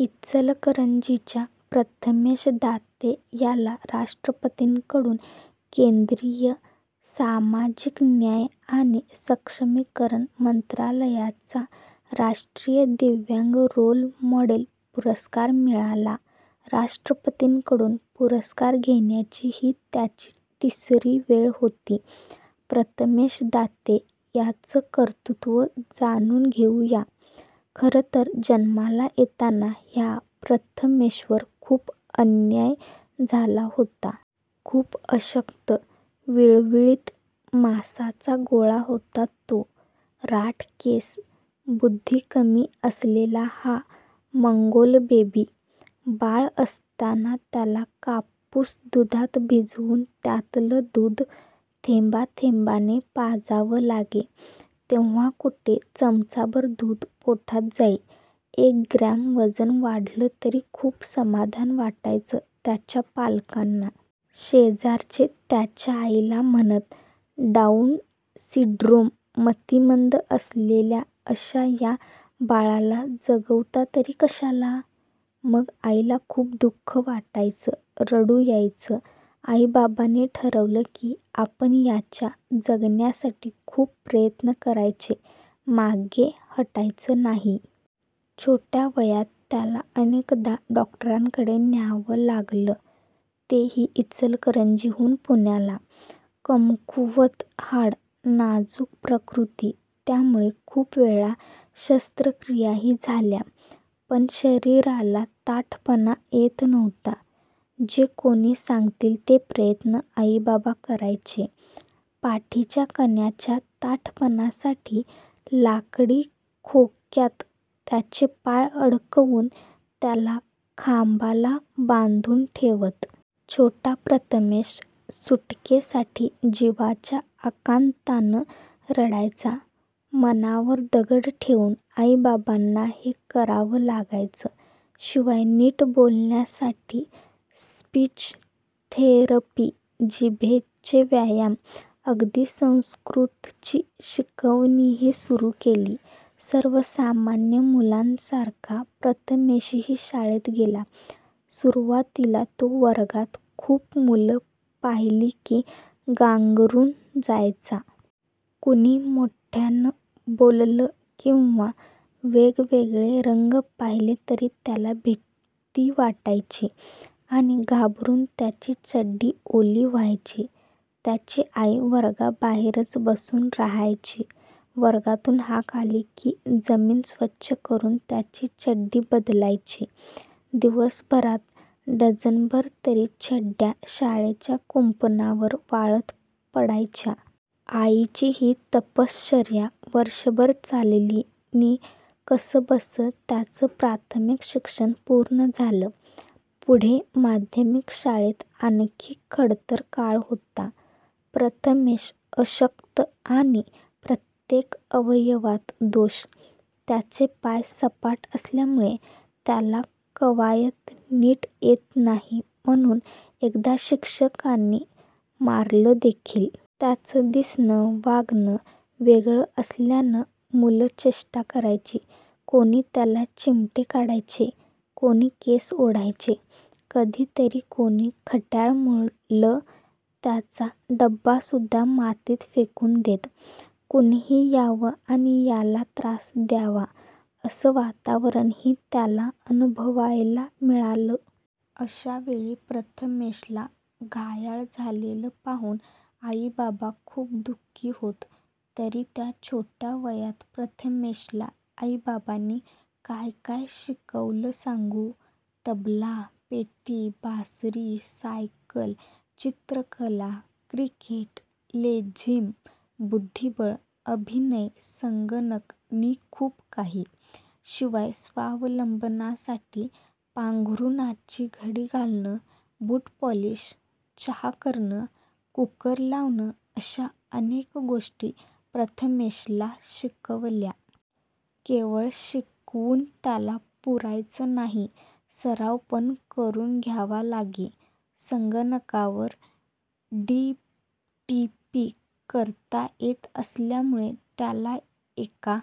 इचलकरंजीच्या प्रथमेश दाते याला राष्ट्रपतींकडून केंद्रीय 'सामाजिक न्याय आणि सक्षमीकरण मंत्रालया'चा 'राष्ट्रीय दिव्यांग रोल मॉडेल' पुरस्कार मिळाला. राष्ट्रपतींकडून पुरस्कार घेण्याची ही त्याची तिसरी वेळ होती. प्रथमेश दाते याचं कर्तृत्व जाणून घेऊ या. खरं तर जन्माला येताना ह्या प्रथमेशवर खूप अन्याय झाला होता. खूप अशक्त, विळविळीत मांसाचा गोळा होता तो! राठ केस, बुद्धी कमी असलेला हा मंगोलबेबी. बाळ असताना त्याला कापूस दुधात भिजवून त्यातलं दूध थेंबाथेंबाने पाजावं लागे, तेव्हा कुठे चमचाभर दूध पोटात जाई. एक ग्रॅम वजन वाढलं तरी खूप समाधान वाटायचं त्याच्या पालकांना. शेजारचे त्याच्या आईला म्हणत, 'डाऊन सिंड्रोम, मतिमंद असलेल्या अशा या बाळाला जगवता तरी कशाला? ' मग आईला खूप दुःख वाटायचं, रडू यायचं. आईबाबांनी ठरवलं की आपण याच्या जगण्यासाठी खूप प्रयत्न करायचे, मागे हटायचं नाही. छोट्या वयात त्याला अनेकदा डॉक्टरकडे न्यावं लागलं, तेही इचलकरंजीहून पुण्याला. कमकुवत हाडं, नाजूक प्रकृती त्यामुळे खूप वेळा शस्त्रक्रियाही झाल्या. पण शरीराला ताठपणा येत नव्हता. जे कोणी सांगतील ते प्रयत्न आईबाबा करायचे. पाठीच्या कण्याच्या ताठपणासाठी लाकडी खोक्यात त्याचे पाय अडकवून त्याला खांबाला बांधून ठेवत. छोटा प्रथमेश सुटकेसाठी जिवाच्या आकांतानं रडायचा. मनावर दगड ठेवून आईबाबांना हे करावं लागायचं. शिवाय नीट बोलण्यासाठी स्पीच थेरपी, जिभेचे व्यायाम... अगदी संस्कृतची शिकवणीही सुरू केली. सर्वसामान्य मुलांसारखा प्रथमेशही शाळेत गेला. सुरुवातीला तो वर्गात खूप मुलं पाहिली की गांगरून जायचा. कुणी मोठ्यानं बोललं किंवा वेगवेगळे रंग पाहिले तरी त्याला भीती वाटायची, आणि घाबरून त्याची चड्डी ओली व्हायची. त्याची आई वर्गाबाहेरच बसून राहायची. वर्गातून हाक आली की जमीन स्वच्छ करून त्याची चड्डी बदलायची. दिवसभरात डझनभर तरी चड्ड्या शाळेच्या कुंपणावर वाळत पडायच्या. आईची ही तपश्चर्या वर्षभर चालली नि कसंबसं त्याचं प्राथमिक शिक्षण पूर्ण झालं. पुढे माध्यमिक शाळेत आणखी खडतर काळ होता. प्रथमेश अशक्त आणि प्रत्येक अवयवात दोष, त्याचे पाय सपाट असल्यामुळे त्याला कवायत नीट येत नाही, म्हणून एकदा शिक्षकांनी मारलंदेखील! त्याचं दिसणं, वागणं वेगळं असल्यानं मुलं चेष्टा करायची, कोणी त्याला चिमटे काढायचे, कोणी केस ओढायचे, कधीतरी कोणी खट्याळ मुलं त्याचा डबासुद्धा मातीत फेकून देत. कुणीही यावं आणि याला त्रास द्यावा, असं वातावरणही त्याला अनुभवायला मिळालं. अशा वेळी प्रथमेशला घायाळ झालेलं पाहून आईबाबा खूप दुःखी होत. तरी त्या छोट्या वयात प्रथमेशला आईबाबांनी काय-काय शिकवलं सांगू? तबला, पेटी, बासरी, सायकल, चित्रकला, क्रिकेट, लेझीम, बुद्धिबळ, अभिनय, संगणक नि खूप काही. शिवाय स्वावलंबनासाठी पांघरुणाची घडी घालणं, बूटपॉलिश, चहा करणं, कूकर लावणं अशा अनेक गोष्टी प्रथमेशला शिकवल्या. केवळ शिकवून त्याला पुरायचं नाही, सरावपण करून घ्यावा लागे. संगणकावर डीटीपी करता येत असल्यामुळे त्याला एका